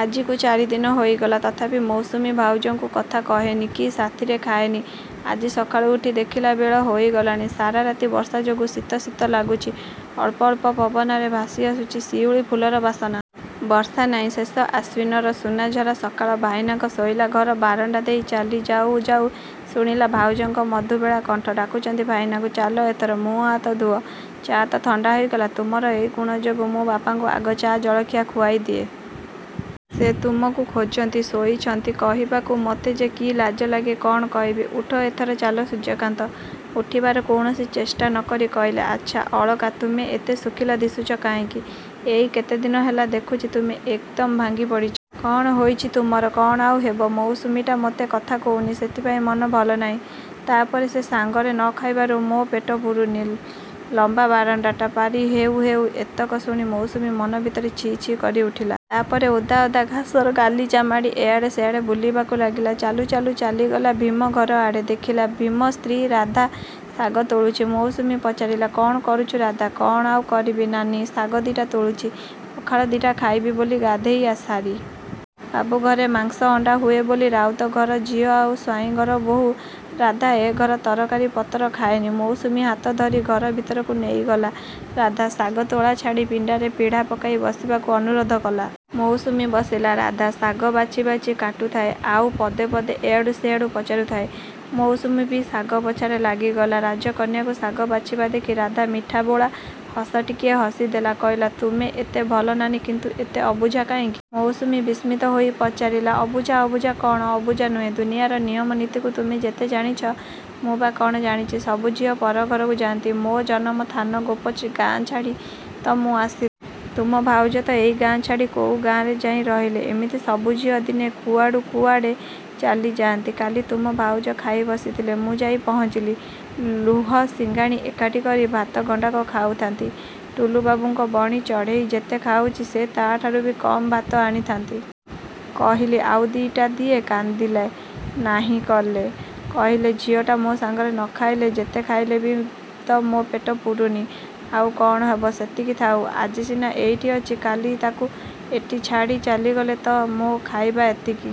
ଆଜିକୁ ଚାରି ଦିନ ହୋଇଗଲା। ତଥାପି ମୌସୁମୀ ଭାଉଜଙ୍କୁ କଥା କହେନି କି ସାଥିରେ ଖାଏନି। ଆଜି ସକାଳୁ ଉଠି ଦେଖିଲା, ବେଳ ହୋଇଗଲାଣି। ସାରା ରାତି ବର୍ଷା ଯୋଗୁ ଶୀତ ଶୀତ ଲାଗୁଛି। ଅଳ୍ପ ଅଳ୍ପ ପବନରେ ଭାସି ଆସୁଛି ଶିଉଳୀ ଫୁଲର ବାସନା। ବର୍ଷା ନାହିଁ। ଶେଷ ଆଶ୍ୱିନର ସୁନାଝରା ସକାଳ। ଭାଇନାଙ୍କ ଶୋଇଲା ଘର ବାରଣ୍ଡା ଦେଇ ଚାଲି ଯାଉ ଯାଉ ଶୁଣିଲା ଭାଉଜଙ୍କ ମଧୁବୋଳା କଣ୍ଠ। ଡାକୁଛନ୍ତି ଭାଇନାଙ୍କୁ ଚାଲ ଏଥର ମୁହଁ ହାତ ଧୁଅ। ଚା ତ ଥଣ୍ଡା ହୋଇଗଲା। ତୁମର ଏଇ ଗୁଣ ଯୋଗୁଁ ମୁଁ ବାପାଙ୍କୁ ଆଗ ଚା ଜଳଖିଆ ଖୁଆଇ ଦିଏ। ସେ ତୁମକୁ ଖୋଜନ୍ତି। ଶୋଇଛନ୍ତି କହିବାକୁ ମୋତେ ଯେ କି ଲାଜ ଲାଗେ କ'ଣ କହିବି। ଉଠ, ଏଥର ଚାଲ। ସୂର୍ଯ୍ୟକାନ୍ତ ଉଠିବାର କୌଣସି ଚେଷ୍ଟା ନ କରି କହିଲେ ଆଚ୍ଛା ଅଳକା, ତୁମେ ଏତେ ଶୁଖିଲା ଦିଶୁଛ କାହିଁକି? ଏଇ କେତେଦିନ ହେଲା ଦେଖୁଛି ତୁମେ ଏକ୍ ଦମ ଭାଙ୍ଗି ପଡ଼ିଛ। କ'ଣ ହୋଇଛି ତୁମର! କ'ଣ ଆଉ ହେବ। ମୌସୁମୀଟା ମୋତେ କଥା କହୁନି। ସେଥିପାଇଁ ମନ ଭଲ ନାହିଁ। ତା' ପରେ ସେ ସାଙ୍ଗରେ ନ ଖାଇବାରୁ ମୋ ପେଟ ପୁରୁନି। ଲମ୍ବା ବାରଣ୍ଡାଟା ପାରି ହେଉ ହେଉ ଏତକ ଶୁଣି ମୌସୁମୀ ମନ ଭିତରେ ଛି ଛି କରି ଉଠିଲା। ତା' ପରେ ଓଦା ଓଦା ଘାସର ଗାଲିଚା ମାଡ଼ି ଏଆଡ଼େ ସେଆଡ଼େ ବୁଲିବାକୁ ଲାଗିଲା। ଚାଲୁ ଚାଲୁ ଚାଲିଗଲା ଭୀମ ଘର ଆଡ଼େ। ଦେଖିଲା ଭୀମ ସ୍ତ୍ରୀ ରାଧା ଶାଗ ତୋଳୁଛି। ମୌସୁମୀ ପଚାରିଲା କ'ଣ କରୁଛୁ ରାଧା? କ'ଣ ଆଉ କରିବି ନାନୀ, ଶାଗ ଦିଟା ତୋଳୁଛି, ପଖାଳ ଦିଟା ଖାଇବି ବୋଲି ଗାଧୋଇ ସାରି। ବାବୁ ଘରେ ମାଂସ ଅଣ୍ଡା ହୁଏ ବୋଲି ରାଉତ ଘର ଝିଅ ଆଉ ସ୍ୱାଇଁ ଘର ବୋହୂ ରାଧା ଏ ଘର ତରକାରୀ ପତର ଖାଏନି। ମୌସୁମୀ ହାତ ଧରି ଘର ଭିତରକୁ ନେଇଗଲା ରାଧା ଶାଗ ତୋଳା ଛାଡ଼ି। ପିଣ୍ଡାରେ ପିଢ଼ା ପକାଇ ବସିବାକୁ ଅନୁରୋଧ କଲା। ମୌସୁମୀ ବସିଲା। ରାଧା ଶାଗ ବାଛି ବାଛି କାଟୁଥାଏ, ଆଉ ପଦେ ପଦେ ଏଆଡ଼ୁ ସେଆଡ଼ୁ ପଚାରୁଥାଏ। ମୌସୁମୀ ବି ଶାଗ ବଛାରେ ଲାଗିଗଲା। ରାଜକନ୍ୟାକୁ ଶାଗ ବାଛିବା ଦେଖି ରାଧା ମିଠାବୋଳା ହସ ଟିକିଏ ହସିଦେଲା। କହିଲା ତୁମେ ଏତେ ଭଲ ନାନୀ କିନ୍ତୁ ଏତେ ଅବୁଝା କାହିଁକି? ମୌସୁମୀ ବିସ୍ମିତ ହୋଇ ପଚାରିଲା ଅବୁଝା, ଅବୁଝା କ'ଣ? ଅବୁଝା ନୁହେଁ? ଦୁନିଆର ନିୟମ ନୀତିକୁ ତୁମେ ଯେତେ ଜାଣିଛ ମୁଁ ବା କ'ଣ ଜାଣିଛି। ସବୁ ଝିଅ ପର ଘରକୁ ଯାଆନ୍ତି। ମୋ ଜନମ ଥାନ ଗୋପ ଗାଁ ଛାଡ଼ି ତ ମୁଁ ଆସିଲି। ତୁମ ଭାଉଜ ତ ଏଇ ଗାଁ ଛାଡ଼ି କୋଉ ଗାଁରେ ଯାଇ ରହିଲେ। ଏମିତି ସବୁ ଝିଅ ଦିନେ କୁଆଡ଼ୁ କୁଆଡ଼େ ଚାଲିଯାଆନ୍ତି। କାଲି ତୁମ ଭାଉଜ ଖାଇ ବସିଥିଲେ ମୁଁ ଯାଇ ପହଞ୍ଚିଲି। ଲୁହ ସିଙ୍ଗାଣି ଏକାଠି କରି ଭାତ ଗଣ୍ଡାକ ଖାଉଥାନ୍ତି। ଟୁଲୁବାବୁଙ୍କ ବଣି ଚଢ଼େଇ ଯେତେ ଖାଉଛି ସେ ତା'ଠାରୁ ବି କମ୍ ଭାତ ଆଣିଥାନ୍ତି। କହିଲି ଆଉ ଦିଟା ଦିଏ। କାନ୍ଦିଲେ, ନାହିଁ କଲେ। କହିଲେ ଝିଅଟା ମୋ ସାଙ୍ଗରେ ନ ଖାଇଲେ ଯେତେ ଖାଇଲେ ବି ତ ମୋ ପେଟ ପୁରୁନି। ଆଉ କ'ଣ ହେବ। ସେତିକି ଥାଉ। ଆଜି ସିନା ଏଇଠି ଅଛି, କାଲି ତାକୁ ଏଠି ଛାଡ଼ି ଚାଲିଗଲେ ତ ମୋ ଖାଇବା ଏତିକି।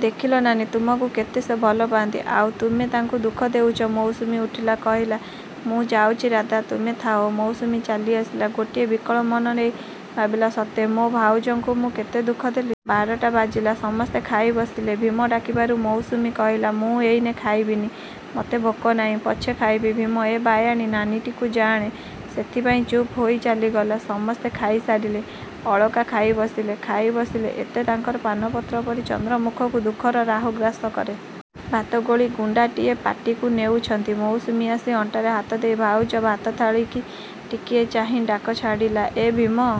ଦେଖିଲ ନାନୀ ତୁମକୁ କେତେ ସେ ଭଲ ପାଆନ୍ତି, ଆଉ ତୁମେ ତାଙ୍କୁ ଦୁଃଖ ଦେଉଛ? ମୌସୁମୀ ଉଠିଲା, କହିଲା ମୁଁ ଯାଉଛି ରାଧା, ତୁମେ ଥାଅ। ମୌସୁମୀ ଚାଲିଆସିଲା ଗୋଟିଏ ବିକଳ ମନ ନେଇ। ଭାବିଲା ସତେ ମୋ ଭାଉଜଙ୍କୁ ମୁଁ କେତେ ଦୁଃଖ ଦେଲି। ବାରଟା ବାଜିଲା। ସମସ୍ତେ ଖାଇ ବସିଲେ। ଭୀମ ଡାକିବାରୁ ମୌସୁମୀ କହିଲା ମୁଁ ଏଇନେ ଖାଇବିନି। ମତେ ଭୋକ ନାହିଁ, ପଛେ ଖାଇବି। ଭୀମ ଏ ବାୟାଣୀ ନାନୀଟିକୁ ଜାଣେ। ସେଥିପାଇଁ ଚୁପ୍ ହୋଇ ଚାଲିଗଲା। ସମସ୍ତେ ଖାଇ ସାରିଲେ, ଅଳକା ଖାଇ ବସିଲେ। ଖାଇ ବସିଲେ ଏତେ ତାଙ୍କର ପାନପତ୍ର ପରି ଚନ୍ଦ୍ରମୁଖକୁ ଦୁଃଖର ରାହୁ ଗ୍ରାସ କରେ। ଭାତ ଗୋଳି ଗୁଣ୍ଡାଟିଏ ପାଟିକୁ ନେଉଛନ୍ତି, ମୌସୁମୀ ଆସି ଅଣ୍ଟାରେ ହାତ ଦେଇ ଭାଉଜ ଭାତ ଥାଳିକି ଟିକିଏ ଚାହିଁ ଡାକ ଛାଡ଼ିଲା ଏ ଭୀମ!